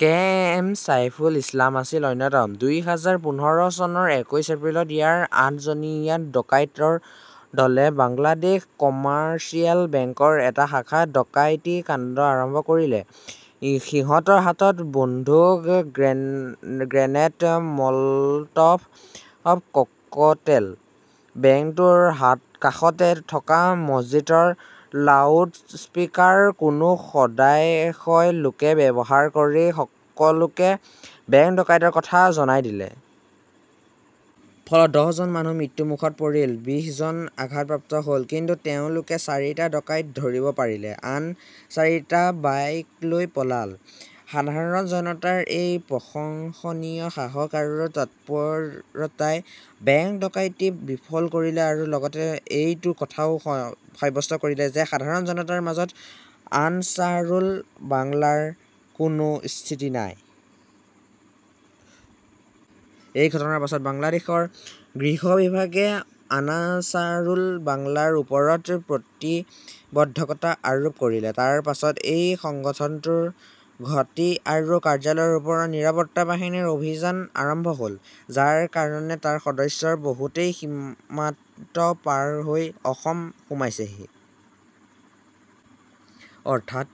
কে. M. Saiful Islam আছিল অন্যতম। দুই হাজাৰ পোন্ধৰ চনৰ একৈশ এপ্ৰিলত ইয়াৰ আঠজনীয়া ডকাইতৰ দলে বাংলাদেশ কমাৰ্চিয়েল বেংকৰ এটা শাখাত ডকাইতি কাণ্ড আৰম্ভ কৰিলে। সিহঁতৰ হাতত বন্দুক, গ্ৰেনেড, মলটভ ককটেল। বেংকটোৰ কাষতে থকা মছজিদৰ লাউডস্পিকাৰ কোনো সদাশয় লোকে ব্যৱহাৰ কৰি সকলোকে বেংক ডকাইতৰ কথা জনাই দিলে। ফলত দহ জন মানুহ মৃত্যু মুখত পৰিল, বিশ জন আঘাতপ্ৰাপ্ত হ'ল। কিন্তু তেওঁলোকে চাৰিটা ডকাইতক ধৰিব পাৰিলে। আন চাৰিটা বাইকলৈ পলাল। সাধাৰণ জনতাৰ এই প্ৰশংসনীয় সাহস আৰু তৎপৰতাই বেংক ডকাইটি বিফল কৰিলে আৰু লগতে এইটো কথাও সাব্যস্ত কৰিলে যে সাধাৰণ জনতাৰ মাজত আনছাৰুল বাংলাৰ কোনো স্থিতি নাই। এই ঘটনাৰ পাছত বাংলাদেশৰ গৃহ বিভাগে আনাছাৰুল বাংলাৰ ওপৰত প্ৰতিবদ্ধকতা আৰোপ কৰিলে। তাৰ পাছত এই সংগঠনটোৰ ঘাটি আৰু কাৰ্যালয়ৰ ওপৰত নিৰাপত্তা বাহিনীৰ অভিযান আৰম্ভ হ'ল, যাৰ কাৰণে তাৰ সদস্যৰ বহুতেই সীমাত্ত পাৰহৈ অসম সোমাইছেহি। অৰ্থাৎ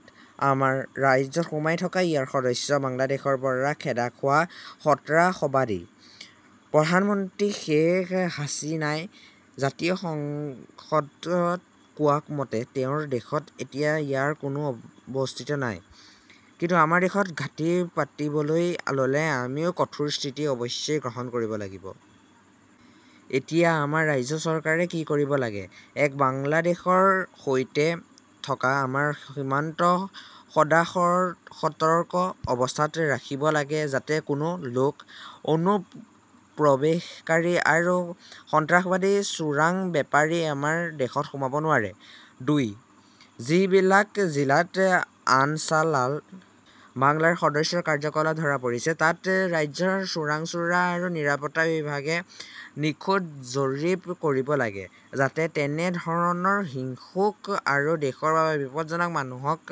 আমাৰ ৰাজ্যত সোমাই থকা ইয়াৰ সদস্য বাংলাদেশৰ পৰা খেদা খোৱা সট্ৰাসবাদী। প্ৰধান মন্ত্ৰী শেখ হাছিনাই জাতীয় সংসদত কোৱা মতে তেওঁৰ দেশত এতিয়া ইয়াৰ কোনো অৱস্থিতি নাই। কিন্তু আমাৰ দেশত ঘাটি পাতিবলৈ ললে আমিও কঠোৰ স্থিতি অৱশেই গ্ৰহণ কৰিব লাগিব। এতিয়া আমাৰ ৰাজ্য চৰকাৰে কি কৰিব লাগে: এক) বাংলাদেশৰ সৈতে থকা আমাৰ সীমান্ত সদাসতৰ্ক অৱস্থাত ৰাখিব লাগে যাতে কোনো লোক, অনুপ্ৰৱেশকাৰী আৰু সন্ত্ৰাসবাদী চোৰাং বেপাৰী আমাৰ দেশত সোমাব নোৱাৰে। দুই) যিবিলাক জিলাত আনছালাল বাংলাৰ সদস্যৰ কাৰ্যকলাপ ধৰা পৰিছে, তাত ৰাজ্যৰ চোৰাংচোৱা আৰু নিৰাপত্তা বিভাগে নিখুঁত জৰীপ কৰিব লাগে, যাতে তেনে ধৰণৰ হিংসুক আৰু দেশৰ বাবে বিপজ্জনক মানুহক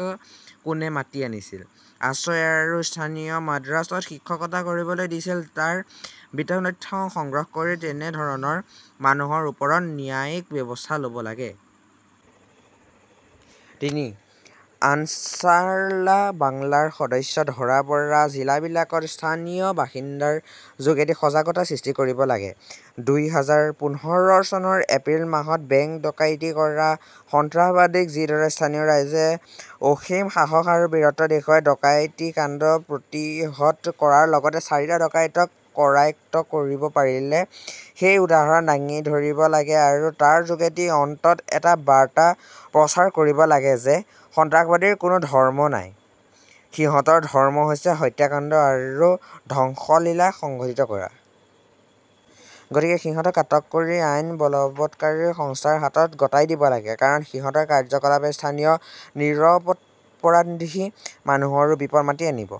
কোনে মাতি আনিছিল, আশ্ৰয় আৰু স্থানীয় মাদ্ৰাছত শিক্ষকতা কৰিবলৈ দিছিল তাৰ বিতং তথ্য সংগ্ৰহ কৰি তেনে ধৰণৰ মানুহৰ ওপৰত ন্যায়িক ব্যৱস্থা লব লাগে। তিনি) আনছাৰল্লা বাংলাৰ সদস্য ধৰা পৰা জিলাবিলাকত স্থানীয় বাসিন্দাৰ যোগেদি সজাগতা সৃষ্টি কৰিব লাগে। দুই হাজাৰ পোন্ধৰ চনৰ এপ্ৰিল মাহত বেংক ডকাইতি কৰা সন্তাসবাদীক যিদৰে স্থানীয় ৰাইজে অসীম সাহস আৰু বীৰত্ব দেখুৱাই ডকাইতি কাণ্ড প্ৰতিহত কৰাৰ লগতে চাৰিটা ডকাইতক কৰায়ক্ত কৰিব পৰিলে সেই উদাহৰণ দাঙি ধৰিব লাগে আৰু তাৰ যোগেদি অন্তত এটা বাৰ্তা প্ৰচাৰ কৰিব লাগে যে সন্ত্ৰাসবাদীৰ কোনো ধৰ্ম নাই, সিহঁতৰ ধৰ্ম হৈছে হত্যাকাণ্ড আৰু ধ্বংসলীলা সংঘটিত কৰা। গতিকে সিহঁতক আটক কৰি আইন বলবৎকাৰী সন্থাৰ হাতত গটাই দিব লাগে। কাৰণ সিহঁতৰ কাৰ্যকলাপে স্থানীয় নিৰপৰাধী মানুহৰো বিপদ মাতি আনিব।